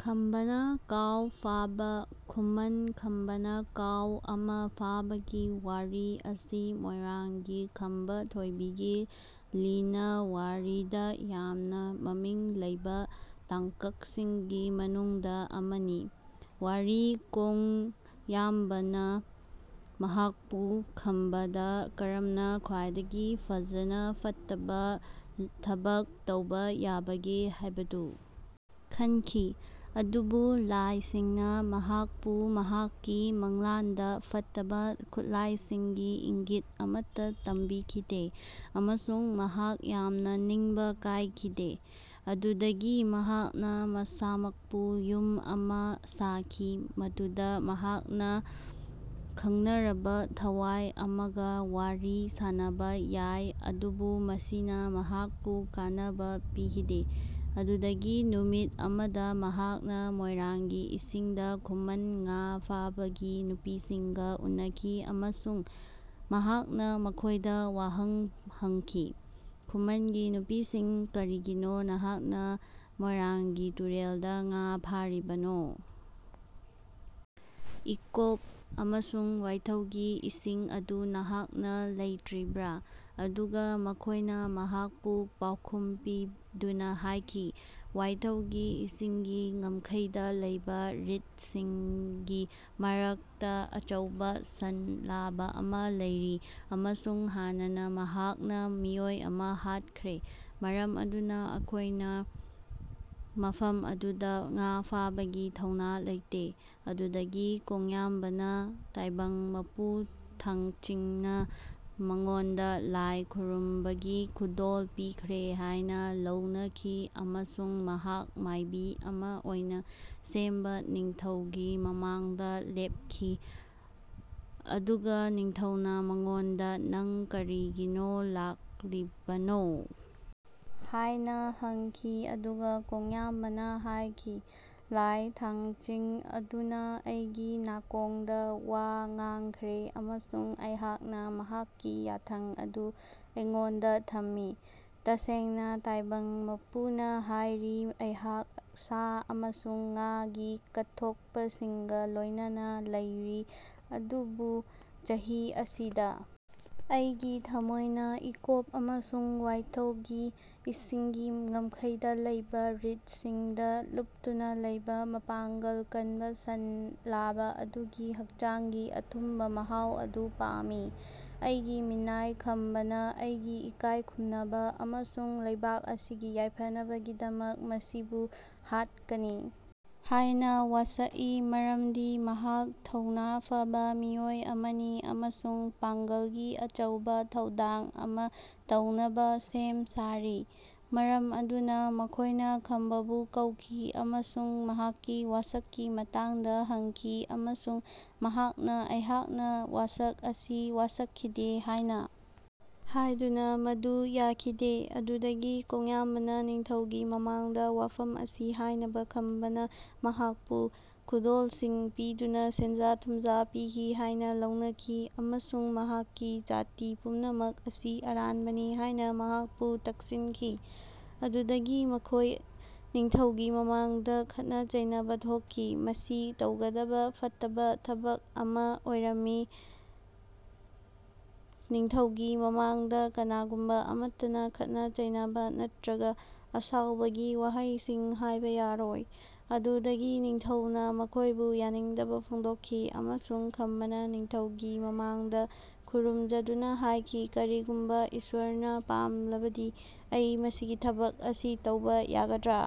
ꯈꯝꯕꯅ ꯀꯥꯎ ꯐꯥꯕ ꯈꯨꯃꯟ ꯈꯝꯕꯅ ꯀꯥꯎ ꯑꯃ ꯐꯥꯕꯒꯤ ꯋꯥꯔꯤ ꯑꯁꯤ ꯃꯣꯏꯔꯥꯡꯒꯤ ꯈꯝꯕ ꯊꯣꯏꯕꯤꯒꯤ ꯂꯤꯅꯋꯥꯔꯤꯗ ꯌꯥꯝꯅ ꯃꯃꯤꯡ ꯂꯩꯕ ꯇꯥꯡꯀꯛꯁꯤꯡꯒꯤ ꯃꯅꯨꯡꯗ ꯑꯃꯅꯤ ꯫ ꯋꯥꯔꯤ ꯀꯣꯡꯌꯥꯝꯕꯥꯅ ꯃꯍꯥꯛꯄꯨ ꯈꯝꯕꯥꯗ ꯀꯔꯝꯅ ꯈ꯭ꯋꯥꯏꯗꯒꯤ ꯐꯖꯅ ꯐꯠꯇꯕ ꯊꯕꯛ ꯇꯧꯕ ꯌꯥꯕꯒꯦ ꯍꯥꯏꯕꯗꯨ ꯈꯟꯈꯤ꯫ ꯑꯗꯨꯕꯨ ꯂꯥꯏꯁꯤꯡꯅ ꯃꯍꯥꯛꯄꯨ ꯃꯍꯥꯛꯀꯤ ꯃꯪꯂꯥꯟꯗ ꯐꯠꯇꯕ ꯈꯨꯠꯂꯥꯏꯁꯤꯡꯒꯤ ꯏꯪꯒꯤꯠ ꯑꯃꯠꯇ ꯇꯝꯕꯤꯈꯤꯗꯦ ꯑꯃꯁꯨꯡ ꯃꯍꯥꯛ ꯌꯥꯝꯅ ꯅꯤꯡꯕ ꯀꯥꯏꯈꯤꯗꯦ꯫ ꯑꯗꯨꯗꯒꯤ ꯃꯍꯥꯛꯅ ꯃꯁꯥꯃꯛꯄꯨ ꯌꯨꯝ ꯑꯃ ꯁꯥꯈꯤ ꯃꯗꯨꯗ ꯃꯍꯥꯛꯅ ꯈꯪꯅꯔꯕ ꯊꯋꯥꯏ ꯑꯃꯒ ꯋꯥꯔꯤ ꯁꯥꯅꯕ ꯌꯥꯏ ꯑꯗꯨꯕꯨ ꯃꯁꯤꯅ ꯃꯍꯥꯛꯄꯨ ꯀꯥꯟꯅꯕ ꯄꯤꯈꯤꯗꯦ꯫ ꯑꯗꯨꯗꯒꯤ ꯅꯨꯃꯤꯠ ꯑꯃꯗ ꯃꯍꯥꯛꯅ ꯃꯣꯏꯔꯥꯡꯒꯤ ꯏꯁꯤꯡꯗ ꯈꯨꯃꯟ ꯉꯥ ꯐꯥꯕꯒꯤ ꯅꯨꯄꯤꯁꯤꯡꯒ ꯎꯅꯈꯤ ꯑꯃꯁꯨꯡ ꯃꯍꯥꯛꯅ ꯃꯈꯣꯏꯗ ꯋꯥꯍꯪ ꯍꯪꯈꯤ꯫ ꯈꯨꯃꯟꯒꯤ ꯅꯨꯄꯤꯁꯤꯡ ꯀꯔꯤꯒꯤꯅꯣ ꯅꯍꯥꯛꯅ ꯃꯣꯏꯔꯥꯡꯒꯤ ꯇꯨꯔꯦꯜꯗ ꯉꯥ ꯐꯥꯔꯤꯕꯅꯣ? ꯏꯀꯣꯞ ꯑꯃꯁꯨꯡ ꯋꯥꯏꯊꯧꯒꯤ ꯏꯁꯤꯡ ꯑꯗꯨ ꯅꯍꯥꯛꯅ ꯂꯩꯇ꯭ꯔꯤꯕ꯭ꯔꯥ? ꯑꯗꯨꯒ ꯃꯈꯣꯏꯅ ꯃꯍꯥꯛꯄꯨ ꯄꯥꯎꯈꯨꯝ ꯄꯤꯗꯨꯅ ꯍꯥꯏꯈꯤ ꯋꯥꯏꯊꯧꯒꯤ ꯏꯁꯤꯡꯒꯤ ꯉꯝꯈꯩꯗ ꯂꯩꯕ ꯔꯤꯗꯁꯤꯡꯒꯤ ꯃꯔꯛꯇ ꯑꯆꯧꯕ ꯁꯟ ꯂꯥꯕ ꯑꯃ ꯂꯩꯔꯤ ꯑꯃꯁꯨꯡ ꯍꯥꯟꯅꯅ ꯃꯍꯥꯛꯅ ꯃꯤꯑꯣꯏ ꯑꯃ ꯍꯥꯠꯈ꯭ꯔꯦ꯫ ꯃꯔꯝ ꯑꯗꯨꯅ ꯑꯩꯈꯣꯏꯅ ꯃꯐꯝ ꯑꯗꯨꯗ ꯉꯥ ꯐꯥꯕꯒꯤ ꯊꯧꯅꯥ ꯂꯩꯇꯦ꯫ ꯑꯗꯨꯗꯒꯤ ꯀꯣꯡꯌꯥꯝꯕꯥꯅ ꯇꯥꯏꯕꯪ ꯃꯄꯨ ꯊꯥꯡꯆꯤꯡꯅ ꯃꯉꯣꯟꯗ ꯂꯥꯏ ꯈꯨꯔꯨꯝꯕꯒꯤ ꯈꯨꯗꯣꯜ ꯄꯤꯈ꯭ꯔꯦ ꯍꯥꯏꯅ ꯂꯧꯅꯈꯤ ꯑꯃꯁꯨꯡ ꯃꯍꯥꯛ ꯃꯥꯏꯕꯤ ꯑꯃ ꯑꯣꯏꯅ ꯁꯦꯝꯕ ꯅꯤꯡꯊꯧꯒꯤ ꯃꯃꯥꯡꯗ ꯂꯦꯞꯈꯤ ꯑꯗꯨꯒ ꯅꯤꯡꯊꯧꯅ ꯃꯉꯣꯟꯗ ꯅꯪ ꯀꯔꯤꯒꯤꯅꯣ ꯂꯥꯛꯂꯤꯕꯅꯣ? ꯍꯥꯏꯅ ꯍꯪꯈꯤ ꯑꯗꯨꯒ ꯀꯣꯡꯌꯥꯝꯕꯅ ꯍꯥꯏꯈꯤ ꯂꯥꯏ ꯊꯥꯡꯆꯤꯡ ꯑꯗꯨꯅ ꯑꯩꯒꯤ ꯅꯥꯀꯣꯡꯗ ꯋꯥ ꯉꯥꯡꯈ꯭ꯔꯦ ꯑꯃꯁꯨꯡ ꯑꯩꯍꯥꯛꯅ ꯃꯍꯥꯛꯀꯤ ꯌꯥꯊꯪ ꯑꯗꯨ ꯑꯩꯉꯣꯟꯗ ꯊꯝꯃꯤ꯫ ꯇꯁꯦꯡꯅ ꯇꯥꯏꯕꯪ ꯃꯄꯨꯅ ꯍꯥꯏꯔꯤ ꯑꯩꯍꯥꯛ ꯁꯥ ꯑꯃꯁꯨꯡ ꯉꯥꯒꯤ ꯀꯠꯊꯣꯛꯄꯁꯤꯡꯒ ꯂꯣꯏꯅꯅ ꯂꯩꯔꯤ ꯑꯗꯨꯕꯨ ꯆꯍꯤ ꯑꯁꯤꯗ ꯑꯩꯒꯤ ꯊꯃꯣꯏꯅ ꯏꯀꯣꯞ ꯑꯃꯁꯨꯡ ꯋꯥꯏꯊꯣꯒꯤ ꯏꯁꯤꯡꯒꯤ ꯉꯝꯈꯩꯗ ꯂꯩꯕ ꯔꯤꯗꯁꯤꯡꯗ ꯂꯨꯞꯇꯨꯅ ꯂꯩꯕ ꯃꯄꯥꯡꯒꯜ ꯀꯟꯕ ꯁꯟ ꯂꯥꯕ ꯑꯗꯨꯒꯤ ꯍꯛꯆꯥꯡꯒꯤ ꯑꯊꯨꯝꯕ ꯃꯍꯥꯎ ꯑꯗꯨ ꯄꯥꯝꯃꯤ꯫ ꯑꯩꯒꯤ ꯃꯤꯅꯥꯏ ꯈꯝꯕꯅ ꯑꯩꯒꯤ ꯏꯀꯥꯏ ꯈꯨꯝꯅꯕ ꯑꯃꯁꯨꯡ ꯂꯩꯕꯥꯛ ꯑꯁꯤꯒꯤ ꯌꯥꯏꯐꯅꯕꯒꯤꯗꯃꯛ ꯃꯁꯤꯕꯨ ꯍꯥꯠꯀꯅꯤ ꯍꯥꯏꯅ ꯋꯥꯁꯛꯏ ꯃꯔꯝꯗꯤ ꯃꯍꯥꯛ ꯊꯧꯅꯥ ꯐꯕ ꯃꯤꯑꯣꯏ ꯑꯃꯅꯤ ꯑꯃꯁꯨꯡ ꯄꯥꯡꯒꯜꯒꯤ ꯑꯆꯧꯕ ꯊꯧꯗꯥꯡ ꯑꯃ ꯇꯧꯅꯕ ꯁꯦꯝ ꯁꯥꯔꯤ꯫ ꯃꯔꯝ ꯑꯗꯨꯅ ꯃꯈꯣꯏꯅ ꯈꯝꯕꯕꯨ ꯀꯧꯈꯤ ꯑꯃꯁꯨꯡ ꯃꯍꯥꯛꯀꯤ ꯋꯥꯁꯛꯀꯤ ꯃꯇꯥꯡꯗ ꯍꯪꯈꯤ ꯑꯃꯁꯨꯡ ꯃꯍꯥꯛꯅ ꯑꯩꯍꯥꯛꯅ ꯋꯥꯁꯛ ꯑꯁꯤ ꯋꯥꯁꯛꯈꯤꯗꯦ ꯍꯥꯏꯅ ꯍꯥꯏꯗꯨꯅ ꯃꯗꯨ ꯌꯥꯈꯤꯗꯦ꯫ ꯑꯗꯨꯗꯒꯤ ꯀꯣꯡꯌꯥꯝꯕꯅ ꯅꯤꯡꯊꯧꯒꯤ ꯃꯃꯥꯡꯗ ꯋꯥꯐꯝ ꯑꯁꯤ ꯍꯥꯏꯅꯕ ꯈꯝꯕꯅ ꯃꯍꯥꯛꯄꯨ ꯈꯨꯗꯣꯜꯁꯤꯡ ꯄꯤꯗꯨꯅ ꯁꯦꯟꯖꯥ ꯊꯨꯝꯖꯥ ꯄꯤꯈꯤ ꯍꯥꯏꯅ ꯂꯧꯅꯈꯤ ꯑꯃꯁꯨꯡ ꯃꯍꯥꯛꯀꯤ ꯖꯥꯇꯤ ꯄꯨꯝꯅꯃꯛ ꯑꯁꯤ ꯑꯔꯥꯟꯕꯅꯤ ꯍꯥꯏꯅ ꯃꯍꯥꯛꯄꯨ ꯇꯛꯁꯤꯟꯈꯤ꯫ ꯑꯗꯨꯗꯒꯤ ꯃꯈꯣꯏ ꯅꯤꯡꯊꯧꯒꯤ ꯃꯃꯥꯡꯗ ꯈꯠꯅ ꯆꯩꯅꯕ ꯊꯣꯛꯈꯤ꯫ ꯃꯁꯤ ꯇꯧꯒꯗꯕ ꯐꯠꯇꯕ ꯊꯕꯛ ꯑꯃ ꯑꯣꯏꯔꯝꯃꯤ ꯅꯤꯡꯊꯧꯒꯤ ꯃꯃꯥꯡꯗ ꯀꯅꯥꯒꯨꯝꯕ ꯑꯃꯠꯇꯅ ꯈꯠꯅ ꯆꯩꯅꯕ ꯅꯠꯇ꯭ꯔꯒ ꯑꯁꯥꯎꯕꯒꯤ ꯋꯥꯍꯩꯁꯤꯡ ꯍꯥꯏꯕ ꯌꯥꯔꯣꯏ꯫ ꯑꯗꯨꯗꯒꯤ ꯅꯤꯡꯊꯧꯅ ꯃꯈꯣꯏꯕꯨ ꯌꯥꯅꯤꯡꯗꯕ ꯐꯣꯡꯗꯣꯛꯈꯤ ꯑꯃꯁꯨꯡ ꯈꯝꯕꯅ ꯅꯤꯡꯊꯧꯒꯤ ꯃꯃꯥꯡꯗ ꯈꯨꯔꯨꯝꯖꯗꯨꯅ ꯍꯥꯏꯈꯤ ꯀꯔꯤꯒꯨꯝꯕ ꯏꯁ꯭ꯋꯥꯔꯅ ꯄꯥꯝꯂꯕꯗꯤ ꯑꯩ ꯃꯁꯤꯒꯤ ꯊꯕꯛ ꯑꯁꯤ ꯇꯧꯕ ꯌꯥꯒꯗ꯭ꯔꯥ?